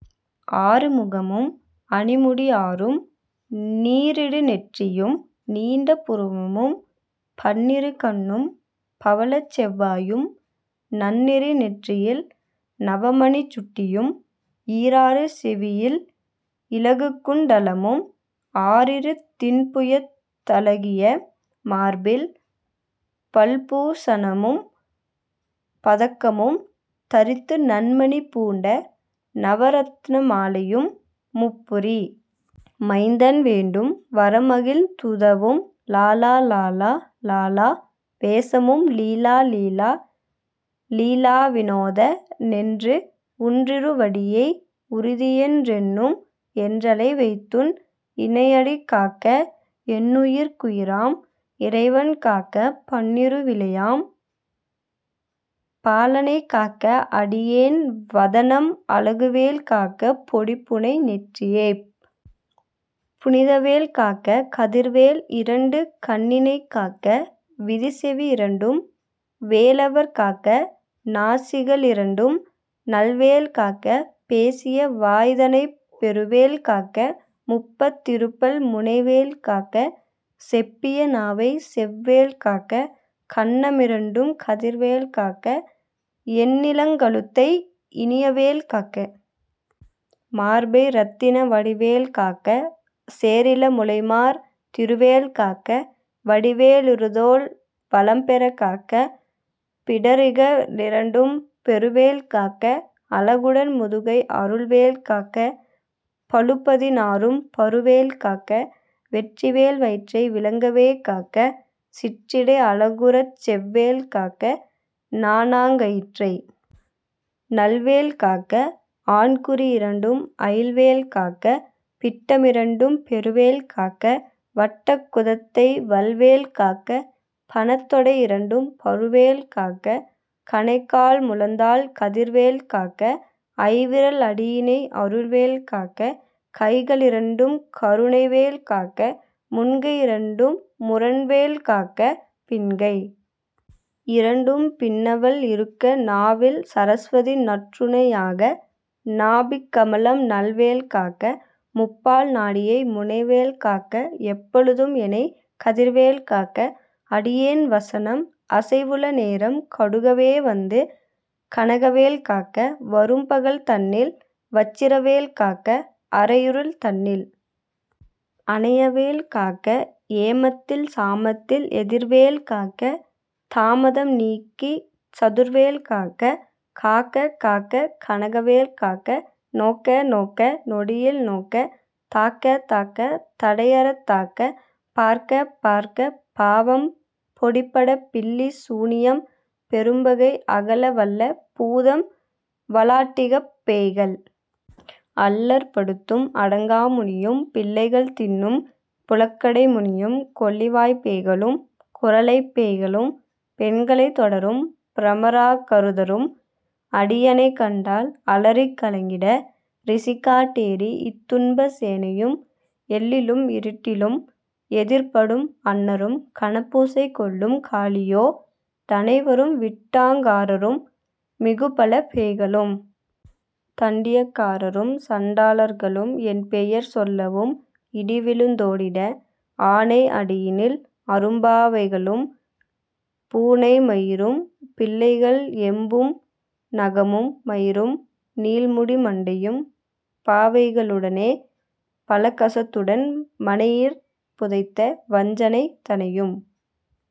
ஆறு முகமும் அணிமுடி ஆறும் நீறிடு நெற்றியும் நீண்ட புருவமும் பண்ணிரு கண்ணும் பவளச் செவ்வாயும் நன்னெறி நெற்றியில் நவமணிச் சுட்டியும் ஈராறு செவியில் இலகுகுண் டலமும் ஆறிரு திண்புயத் தழகிய மார்பில் பல்பூ ஷணமும் பதக்கமும் தரித்து நன்மணி பூண்ட நவரத்ன மாலையும் முப்புரி மைந்தன் வேண்டும் வரமகிழ்ந் துதவும் லாலா லாலா லாலா வேசமும் லீலா லீலா லீலாவிநோத னென்று உன்றிருவடியை உறுதியென் றெண்ணும் என்றலை வைத்துன் இணையடி காக்க என்னுயிர்க் குயிராம் இறைவன் காக்க பன்னிரு விழியால் பாலனைக் காக்க அடியேன் வதனம் அழகுவேல் காக்க பொடிபுனை நெற்றியைப் புனிதவேல் காக்க கதிர்வேல் இரண்டு கண்ணினைக்காக்க விதிசெவி இரண்டும் வேலவர் காக்க நாசிக ளிரண்டும் நல்வேல் காக்க பேசிய வாய்தனைப் பெருவேல் காக்க முப்பத் திருபல் முனைவேல் காக்க செப்பிய நாவை செவ்வேல் காக்க கன்ன மிரண்டும் கதிர்வேல் காக்க என்னிளங் கழுத்தை இனியவேல் காக்க மார்பை இரத்தின வடிவேல் காக்க சேரிள முலைமார் திருவேல் காக்க வடிவே லிருதோள் வளம்பெறக் காக்க பிடரிக ளிரண்டும் பெருவேல் காக்க அழகுடன் முதுகை அருள்வேல் காக்க பழுபதி னாறும் பருவேல் காக்க வெற்றிவேல் வயிற்றை விளங்கவே காக்க சிற்றிடை அழகுறச் செவ்வேல் காக்க நாணாங்கயிற்றை நல்வேல் காக்க ஆண்குறியிரண்டும் அயில்வேல் காக்க பிட்டமிரண்டும் பெருவேல் காக்க வட்டக் குதத்தை வல்வேல் காக்க பணைத்தொடை இரண்டும் பருவேல் காக்க கணைக்கால் முழந்தாள் கதிர்வேல் காக்க ஐவிரல் அடியினை அருள்வேல் காக்க கைக ளிரண்டும் கருணைவேல் காக்க முன்கை யிரண்டும் முரண்வேல் காக்க பின்கை யிரண்டும் பின்னவள் இருக்க நாவில் சரஸ்வதி நற்றுணை யாக நாபிக் கமலம் நல்வேல் காக்க முப்பால் நாடியை முனைவேல் காக்க எப்பொழுதும் எனை கதிர்வேல் காக்க அடியேன் வசனம் அசைவுள நேரம் கடுகவே வந்து கனகவேல் காக்க வரும்பகல் தன்னில் வச்சிரவேல் காக்க அரையிருள் தன்னில் அனையவேல் காக்க ஏமத்தில் சாமத்தில் எதிர்வேல் காக்க தாமதம் நீக்கிச் சதுர்வேல் காக்க காக்க காக்க கனகவேல் காக்க நோக்க நோக்க நொடியில் நோக்க தாக்க தாக்க தடையறத் தாக்க பார்க்க பார்க்க பாவம் பொடிபட பில்லி சூனியம் பெரும்பகை அகல வல்ல பூதம் வலாட்டிகப்பேய்கள் அல்லற்படுத்தும் அடங்காமுனியும் பிள்ளைகள் தின்னும் புழக்கடைமுனியும் கொள்ளிவாய்ப் பேய்களும் குறளைப் பேய்களும் பெண்களைத் தொடரும் பிரமராக் கருதரும் அடியனைக் கண்டால் அலறிக் கலங்கிட இரிசிகாட் டேரி இத்துன்ப சேனையும் எல்லிலும் இருட்டிலும் எதிர்ப்படும் அண்ணரும் கனபூசை கொள்ளும் காளியோ டனைவரும் விட்டாங் காரரும் மிகுபல பேய்களும் தண்டியக்காரரும் சண்டா ளர்களும் என் பெயர் சொல்லவும் இடிவிழுந் தோடிட ஆனை அடியினில் அரும்பா வைகளும் பூனை மயிரும் பிள்ளைகள் என்பும் நகமும் மயிரும் நீள்முடி மண்டையும் பாவைக ளுடனே பலகசத்துடன் மனையிற் புதைத்த வஞ்சனை தனையும்